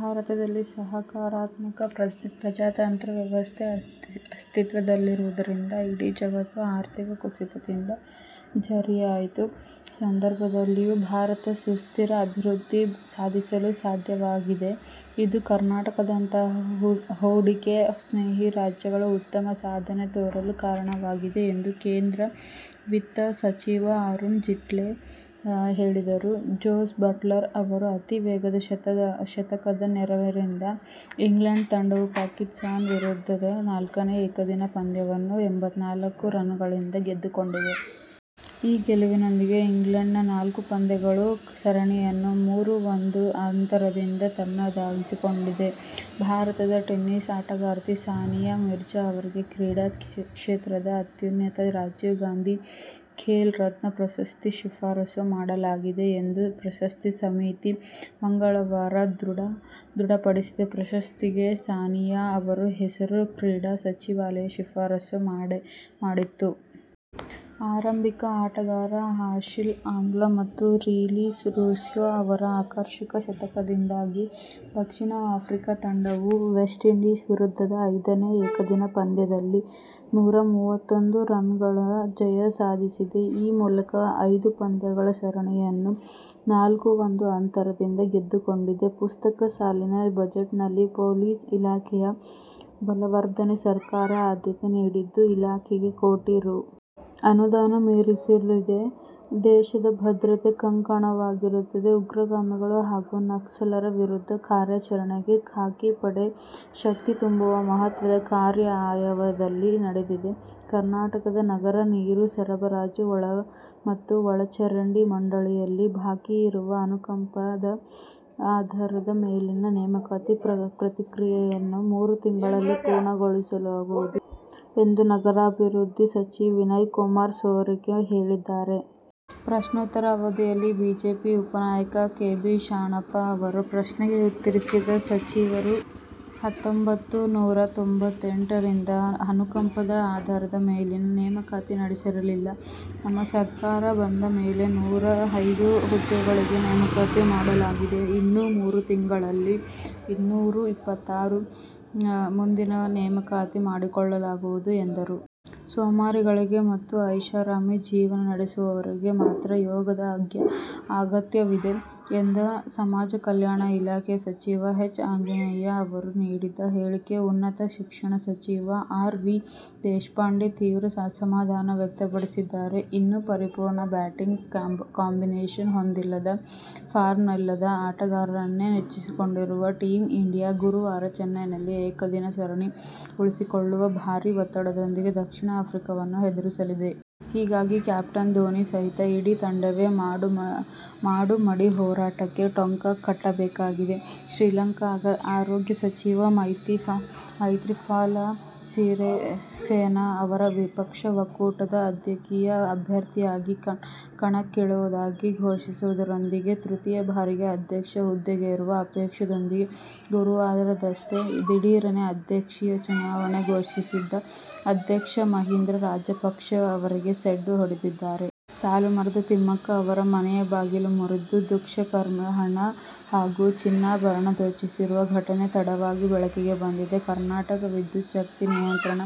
ಭಾರತದಲ್ಲಿ ಸಹಕಾರಾತ್ಮಕ ಪ್ರಜಾತಂತ್ರ ವ್ಯವಸ್ಥೆ ಅಸ್ತಿತ್ವದಲ್ಲಿರುವುದರಿಂದ ಇಡೀ ಜಗತ್ತು ಆರ್ಥಿಕ ಕುಸಿತದಿಂದ ಜರ್ಝರಿತವಾದ ಸಂದರ್ಭದಲ್ಲೂ ಭಾರತ ಸುಸ್ಥಿರ ಅಭಿವೃದ್ಧಿ ಸಾಧಿಸಲು ಸಾಧ್ಯವಾಗಿದೆ. ಇದು ಕರ್ನಾಟಕದಂತಹ ಹೂಡಿಕೆ ಸ್ನೇಹಿ ರಾಜ್ಯಗಳು ಉತ್ತಮ ಸಾಧನೆ ತೋರಲು ಕಾರಣವಾಗಿದೆ ಎಂದು ಕೇಂದ್ರ ವಿತ್ತ ಸಚಿವ ಅರುಣ್ ಜೇಟ್ಲಿ ಹೇಳಿದರು. ಜೋಸ್ ಬಟ್ಲರ್ ಅವರ ಅತೀವೇಗದ ಶತಕದ ನೆರವಿನಿಂದ ಇಂಗ್ಲೆಂಡ್ ತಂಡವು ಪಾಕಿಸ್ಥಾನ ವಿರುದ್ಧದ ನಾಲ್ಕನೇ ಏಕದಿನ ಪಂದ್ಯವನ್ನು ಎಂಭತ್ತನಾಲ್ಕು ರನ್ನುಗಳಿಂದ ಗೆದ್ದುಕೊಂಡಿದೆ. ಈ ಗೆಲುವಿನೊಂದಿಗೆ ಇಂಗ್ಲೆಂಡ್ ನಾಲ್ಕು ಪಂದ್ಯಗಳ ಸರಣಿಯನ್ನು ಮೂರು-ಒಂದು ಅಂತರದಿಂದ ತನ್ನದಾಗಿಸಿಕೊಂಡಿದೆ. ಭಾರತದ ಟೆನಿಸ್ ಆಟಗಾರ್ತಿ ಸಾನಿಯಾ ಮಿರ್ಜಾ ಅವರಿಗೆ ಕ್ರೀಡಾ ಕ್ಷೇತ್ರದ ಅತ್ಯುನ್ನತ ರಾಜೀವ್ ಗಾಂಧಿ ಖೇಲ್ ರತ್ನ ಪ್ರಶಸ್ತಿಗೆ ಶಿಫಾರಸು ಮಾಡಲಾಗಿದೆ ಎಂದು ಪ್ರಶಸ್ತಿ ಸಮಿತಿ ಮಂಗಳವಾರ ಧೃಡಪಡಿಸಿದೆ. ಪ್ರಶಸ್ತಿಗೆ ಸಾನಿಯಾ ಅವರ ಹೆಸರನ್ನು ಕ್ರೀಡಾ ಸಚಿವಾಲಯ ಶಿಫಾರಸು ಮಾಡಿತ್ತು. ಆರಂಭಿಕ ಆಟಗಾರ ಹಾಶಿಮ್ ಆಮ್ಲ ಮತ್ತು ರಿಲೀ ರೂಸ್ಯೊ ಅವರ ಆಕರ್ಷಕ ಶತಕದಿಂದಾಗಿ ದಕ್ಷಿಣ ಆಫ್ರಿಕಾ ತಂಡವು ವೆಸ್ಟ್ಇಂಡೀಸ್ ವಿರುದ್ಧದ ಐದನೇ ಏಕದಿನ ಪಂದ್ಯದಲ್ಲಿ ನೂರ ಮೂವತ್ತೊಂದು ರನ್ನುಗಳ ಜಯ ಸಾಧಿಸಿದೆ. ಈ ಮೂಲಕ ಐದು ಪಂದ್ಯಗಳ ಸರಣಿಯನ್ನು ನಾಲ್ಕು-ಒಂದು ಅಂತರದಿಂದ ಗೆದ್ದುಕೊಂಡಿದೆ. ಪ್ರಸಕ್ತ ಸಾಲಿನ ಬಜೆಟ್ನಲ್ಲಿ ಪೊಲೀಸ್ ಇಲಾಖೆಯ ಬಲವರ್ಧನೆಗೆ ಸರ್ಕಾರ ಆದ್ಯತೆ ನೀಡಿದ್ದು, ಇಲಾಖೆಗೆ ಕೋಟಿ ರೂ. ಅನುದಾನ ಮೀಸಲಿರಿಸಿದೆ. ದೇಶದ ಭದ್ರತೆಗೆ ಕಂಟಕವಾಗಿರುವ ಉಗ್ರಗಾಮಿಗಳು ಹಾಗೂ ನಕ್ಸಲರ ವಿರುದ್ಧ ಕಾರ್ಯಾಚರಣೆಗೆ ಖಾಕಿ ಪಡೆಗೆ ಶಕ್ತಿ ತುಂಬುವ ಮಹತ್ವದ ಕಾರ್ಯ ಆಯವ್ಯಯದಲ್ಲಿ ನಡೆದಿದೆ. ಕರ್ನಾಟಕ ನಗರ ನೀರು ಸರಬರಾಜು ಮತ್ತು ಒಳಚರಂಡಿ ಮಂಡಳಿಯಲ್ಲಿ ಬಾಕಿ ಇರುವ ಅನುಕಂಪದ ಆಧಾರದ ಮೇಲಿನ ನೇಮಕಾತಿ ಪ್ರಕ್ರಿಯೆಯನ್ನು ಮೂರು ತಿಂಗಳಲ್ಲಿ ಪೂರ್ಣಗೊಳಿಸಲಾಗುವುದು ಎಂದು ನಗರಾಭಿವೃದ್ಧಿ ಸಚಿವ ವಿನಯಕುಮಾರ್ ಸೊರಕೆ ಹೇಳಿದ್ದಾರೆ. ಪ್ರಶ್ನೋತ್ತರ ಅವಧಿಯಲ್ಲಿ ಬಿಜೆಪಿ ಉಪನಾಯಕ ಕೆ. ಬಿ. ಶಾಣಪ್ಪ ಅವರ ಪ್ರಶ್ನೆಗೆ ಉತ್ತರಿಸಿದ ಸಚಿವರು, ಹತ್ತೊಂಬತ್ತು ನೂರ ತೊಂಬತ್ತೆಂಟರಿಂದ ಅನುಕಂಪದ ಆಧಾರದ ಮೇಲಿನ ನೇಮಕಾತಿ ನಡೆಸಿರಲಿಲ್ಲ. ನಮ್ಮ ಸರ್ಕಾರ ಬಂದ ಮೇಲೆ ನೂರ ಐದು ಹುದ್ದೆಗಳಿಗೆ ನೇಮಕ ಮಾಡಲಾಗಿದೆ. ಇನ್ನು ಮೂರು ತಿಂಗಳಲ್ಲಿ ಇನ್ನೂರ ಇಪ್ಪತ್ತಾರು ಮಂದಿಯನ್ನು ನೇಮಕಾತಿ ಮಾಡಿಕೊಳ್ಳಲಾಗುವುದು ಎಂದರು. "ಸೋಮಾರಿಗಳಿಗೆ ಮತ್ತು ಐಷಾರಾಮಿ ಜೀವನ ನಡೆಸುವವರಿಗೆ ಮಾತ್ರ ಯೋಗದ ಅಗತ್ಯವಿದೆ" ಎಂದು ಸಮಾಜ ಕಲ್ಯಾಣ ಇಲಾಖೆ ಸಚಿವ ಎಚ್. ಆಂಜನೇಯ ಅವರು ನೀಡಿದ್ದ ಹೇಳಿಕೆಗೆ ಉನ್ನತ ಶಿಕ್ಷಣ ಸಚಿವ ಆರ್. ವಿ. ದೇಶಪಾಂಡೆ ತೀವ್ರ ಅಸಮಾಧಾನ ವ್ಯಕ್ತಪಡಿಸಿದ್ದಾರೆ. ಇನ್ನೂ ಪರಿಪೂರ್ಣ ಬ್ಯಾಟಿಂಗ್ ಕಾಂಬಿನೇಶನ್ ಹೊಂದಿಲ್ಲದ, ಫಾರ್ಮ್ನಲ್ಲಿಲ್ಲದ ಆಟಗಾರರನ್ನೇ ನೆಚ್ಚಿಕೊಂಡಿರುವ ಟೀಮ್ ಇಂಡಿಯಾ ಗುರುವಾರ ಚೆನ್ನೈಯಲ್ಲಿ ಏಕದಿನ ಸರಣಿ ಉಳಿಸಿಕೊಳ್ಳುವ ಭಾರೀ ಒತ್ತಡದೊಂದಿಗೆ ದಕ್ಷಿಣ ಆಫ್ರಿಕಾವನ್ನು ಎದುರಿಸಲಿದೆ. ಹೀಗಾಗಿ ಕ್ಯಾಪ್ಟನ್ ಧೋನಿ ಸಹಿತ ಇಡೀ ತಂಡವೇ ಮಾಡು-ಮಡಿ ಹೋರಾಟಕ್ಕೆ ಟೊಂಕ ಕಟ್ಟಬೇಕಿದೆ. ಶ್ರೀಲಂಕಾದ ಆರೋಗ್ಯ ಸಚಿವ ಮೈತ್ರಿಪಾಲ ಸಿರಿಸೇನಾ ಅವರು ವಿಪಕ್ಷ ಒಕ್ಕೂಟದ ಅಧ್ಯಕ್ಷೀಯ ಅಭ್ಯರ್ಥಿಯಾಗಿ ಕಣಕ್ಕಿಳಿಯುವುದಾಗಿ ಘೋಷಿಸುವುದರೊಂದಿಗೆ ತೃತೀಯ ಬಾರಿಗೆ ಅಧ್ಯಕ್ಷ ಹುದ್ದೆಗೇರುವ ಅಪೇಕ್ಷೆಯೊಂದಿಗೆ ಗುರುವಾರವಷ್ಟೇ ದಿಢೀರನೆ ಅಧ್ಯಕ್ಷೀಯ ಚುನಾವಣೆಯನ್ನು ಘೋಷಿಸಿದ್ದ ಅಧ್ಯಕ್ಷ ಮಹೀಂದ ರಾಜಪಕ್ಷೆ ಅವರಿಗೆ ಸೆಡ್ಡು ಹೊಡೆದಿದ್ದಾರೆ. ಸಾಲು ಮರದ ತಿಮ್ಮಕ್ಕ ಅವರ ಮನೆಯ ಬಾಗಿಲು ಮುರಿದು ದುಷ್ಕರ್ಮಿಗಳು ಹಣ ಹಾಗೂ ಚಿನ್ನಾಭರಣ ದೋಚಿರುವ ಘಟನೆ ತಡವಾಗಿ ಬೆಳಕಿಗೆ ಬಂದಿದೆ. ಕರ್ನಾಟಕ ವಿದ್ಯುತ್ಛಕ್ತಿ ನಿಯಂತ್ರಣ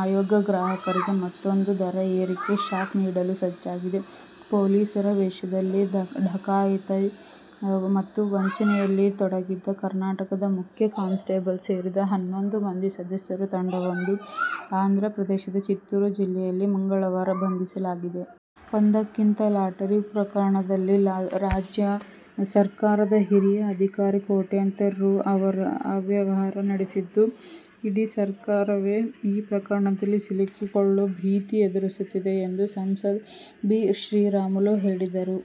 ಆಯೋಗ ಗ್ರಾಹಕರಿಗೆ ಮತ್ತೂಂದು ದರ ಏರಿಕೆ ಶಾಕ್ ನೀಡಲು ಸಜ್ಜಾಗಿದೆ. ಪೊಲೀಸರ ವೇಷದಲ್ಲಿ ಡಕಾಯತಿ ಮತ್ತು ವಂಚನೆಯಲ್ಲಿ ತೊಡಗಿದ್ದ ಕರ್ನಾಟಕದ ಮುಖ್ಯ ಕಾನ್ಸ್ಟೆಬಲ್ ಸೇರಿದಂತೆ ಹನ್ನೊಂದು ಮಂದಿ ಸದಸ್ಯರ ತಂಡವೊಂದನ್ನು ಆಂಧ್ರ ಪ್ರದೇಶದ ಚಿತ್ತೂರು ಜಿಲ್ಲೆಯಲ್ಲಿ ಮಂಗಳವಾರ ಬಂಧಿಸಲಾಗಿದೆ. ಒಂದಂಕಿ ಲಾಟರಿ ಪ್ರಕರಣದಲ್ಲಿ ರಾಜ್ಯ ಸರ್ಕಾರದ ಹಿರಿಯ ಅಧಿಕಾರಿಗಳು ಕೋಟ್ಯಂತರ ರೂ. ಅವ್ಯವಹಾರ ನಡೆಸಿದ್ದು, ಇಡೀ ಸರ್ಕಾರವೇ ಈ ಪ್ರಕರಣದಲ್ಲಿ ಸಿಲುಕಿಕೊಳ್ಳುವ ಭೀತಿ ಎದುರಿಸುತ್ತಿದೆ ಎಂದು ಸಂಸದ ಬಿ. ಶ್ರೀರಾಮುಲು ಹೇಳಿದರು.